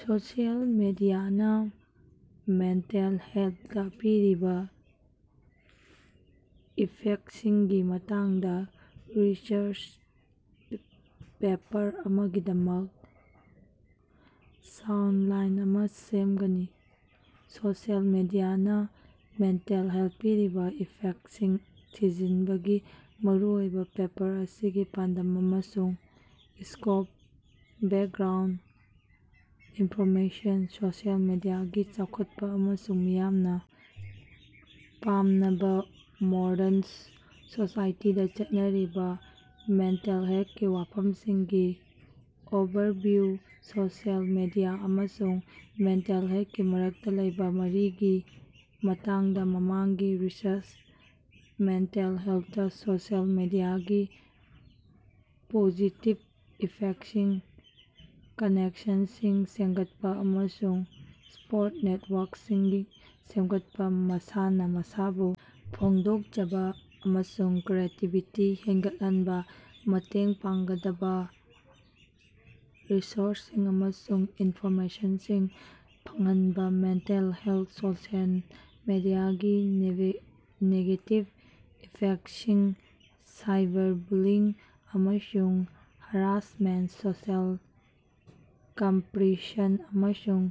Social ꯃꯤꯗꯤꯌꯥꯅ mental ꯍꯦꯜꯇꯥ ꯄꯤꯔꯤꯕꯥ ꯏꯐꯦꯛꯁꯤꯡꯒꯤ ꯃꯇꯥꯡꯗꯥ ꯔꯤꯁꯔꯆ ꯄꯦꯄꯔ ꯑꯃꯒꯤꯗꯃꯛ ꯁꯥꯎꯠꯂꯥꯏꯟ ꯑꯃꯥ ꯁꯦꯝꯕꯥꯅꯤ꯫ ꯁꯣꯁꯤꯑꯦꯜ ꯃꯤꯗꯤꯌꯥꯅ ꯃꯦꯟꯇꯦꯜ ꯍꯦꯜꯇꯥ ꯄꯤꯔꯤꯕꯥ ꯏꯐꯦꯛꯁꯤꯡ ꯊꯤꯖꯤꯟꯕꯒꯤ ꯃꯔꯨꯑꯣꯏꯕꯥ ꯄꯦꯄꯔ ꯑꯁꯤꯒꯤ ꯄꯥꯟꯗꯝ ꯑꯃꯁꯨꯡ ꯁ꯭ꯀꯣꯞ, ꯕꯦꯛꯒ꯭ꯔꯥꯎꯟꯗ ꯏꯟꯐꯣꯔꯃꯦꯁꯟ, ꯁꯣꯁꯤꯑꯦꯜ ꯃꯤꯗꯤꯌꯥꯒꯤ ꯆꯥꯎꯈꯠꯄꯥ ꯑꯃꯁꯨꯡ ꯃꯤꯌꯥꯝꯅꯥ ꯄꯥꯝꯅꯕꯥ ꯃꯣꯔꯗꯟ ꯁꯣꯁꯥꯏꯇꯤꯗꯥ ꯆꯠꯅꯔꯤꯕꯥ ꯃꯦꯟꯇꯦꯜ ꯍꯦꯜꯀꯤ ꯋꯥꯐꯝꯁꯤꯡꯒꯤ ꯑꯣꯚꯔꯚꯤꯌꯨ ꯁꯣꯁꯤꯑꯦꯜ ꯃꯤꯗꯤꯌꯥ ꯑꯃꯁꯨꯡ ꯃꯦꯟꯇꯦꯜ ꯍꯦꯜꯀꯤ ꯃꯔꯛꯇꯥ ꯂꯩꯕꯥ ꯃꯔꯤꯒꯤ ꯃꯇꯥꯡꯗꯥ ꯃꯃꯥꯡꯒꯤ ꯔꯤꯁꯔꯆ ꯃꯦꯟꯇꯦꯜ ꯍꯦꯜꯇꯥ ꯁꯣꯁꯤꯑꯦꯜ ꯃꯤꯗꯤꯌꯥꯒꯤ ꯄꯣꯖꯤꯇꯤꯚ ꯏꯐꯦꯛꯁꯤꯡ, ꯀꯅꯦꯛꯁꯟꯁꯤꯡ ꯁꯦꯝꯒꯠꯄꯥ ꯑꯃꯁꯨꯡ ꯁꯄꯣꯔꯠ ꯅꯦꯠꯋꯥꯔꯛꯁꯤꯡ ꯁꯦꯝꯒꯠꯄꯥ, ꯃꯁꯥꯅꯥ ꯃꯁꯥꯕꯨ ꯐꯣꯡꯗꯣꯛꯆꯕꯥ ꯑꯃꯁꯨꯡ ꯀ꯭ꯔꯤꯌꯦꯇꯤꯕꯤꯇꯤ ꯍꯦꯟꯒꯠꯍꯟꯕꯥ ꯃꯇꯦꯡ ꯄꯥꯡꯒꯗꯕꯥ ꯔꯤꯁꯣꯔꯁꯁꯤꯡ ꯑꯃꯁꯨꯡ ꯏꯟꯐꯣꯔꯃꯦꯁꯟꯁꯤꯡ ꯐꯪꯍꯟꯕꯥ ꯃꯦꯟꯇꯦꯜ ꯍꯦꯜꯇꯥ ꯁꯣꯁꯤꯑꯦꯜ ꯃꯤꯗꯤꯌꯥꯒꯤ ꯅꯦꯕꯦ ꯅꯦꯒꯦꯇꯤꯚ ꯏꯐꯦꯛꯁꯤꯡ ꯁꯥꯏꯕꯔꯕꯨꯂꯤꯡ ꯑꯃꯁꯨꯡ ꯍꯔꯥꯁꯃꯦꯟꯇ, ꯁꯣꯁꯤꯑꯦꯜ ꯀꯝꯄꯥꯔꯤꯁꯟ ꯑꯃꯁꯨꯡ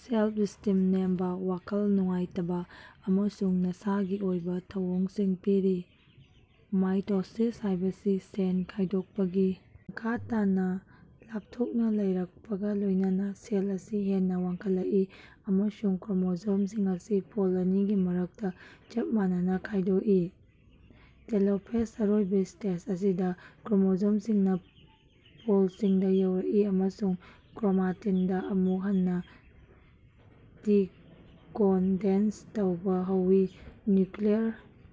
ꯁꯦꯜꯐ-ꯁ꯭ꯇꯤꯝ ꯅꯦꯝꯕꯥ, ꯋꯥꯈꯜ ꯅꯨꯡꯉꯥꯏꯇꯕꯥ ꯑꯃꯁꯨꯡ ꯅꯁꯥꯒꯤ ꯑꯣꯏꯕꯥ ꯊꯧꯑꯣꯡꯁꯤꯡ ꯄꯤꯔꯤ꯫ ꯃꯥꯏꯇꯣꯁꯤꯁ ꯍꯥꯏꯕꯁꯤ ꯁꯦꯜ ꯈꯥꯏꯗꯣꯛꯄꯒꯤ ꯃꯈꯥ ꯇꯥꯅꯥ ꯂꯥꯞꯊꯣꯛꯅꯥ ꯂꯩꯔꯛꯄꯒꯥ ꯂꯣꯏꯅꯅꯥ ꯁꯦꯜ ꯑꯁꯤ ꯍꯦꯟꯅꯥ ꯋꯥꯡꯈꯠꯂꯛꯏ, ꯑꯃꯁꯨꯡ ꯀ꯭ꯔꯣꯃꯣꯖꯣꯝꯁꯤꯡ ꯑꯁꯤ ꯄꯣꯜ ꯑꯅꯤꯒꯤ ꯃꯔꯛꯇꯥ ꯆꯞ ꯃꯥꯟꯅꯅꯥ ꯈꯥꯏꯗꯣꯛꯏ꯫ ꯇꯦꯂꯣꯐꯦꯖ ꯑꯔꯣꯏꯕꯥ ꯁ꯭ꯇꯦꯖ ꯑꯁꯤꯗꯥ ꯀ꯭ꯔꯣꯃꯣꯖꯣꯝꯁꯤꯡꯅꯥ ꯄꯣꯜꯁꯤꯡꯗꯥ ꯌꯧꯔꯛꯏ ꯑꯃꯁꯨꯡ ꯀ꯭ꯔꯣꯃꯥꯇꯤꯟꯗꯥ ꯑꯃꯨꯛ ꯍꯟꯅꯥ ꯗꯤꯀꯣꯟꯗꯦꯟꯁ ꯇꯧꯕꯥ ꯍꯧꯏ꯫ ꯅ꯭ꯌꯨꯀ꯭ꯂꯤꯌꯔ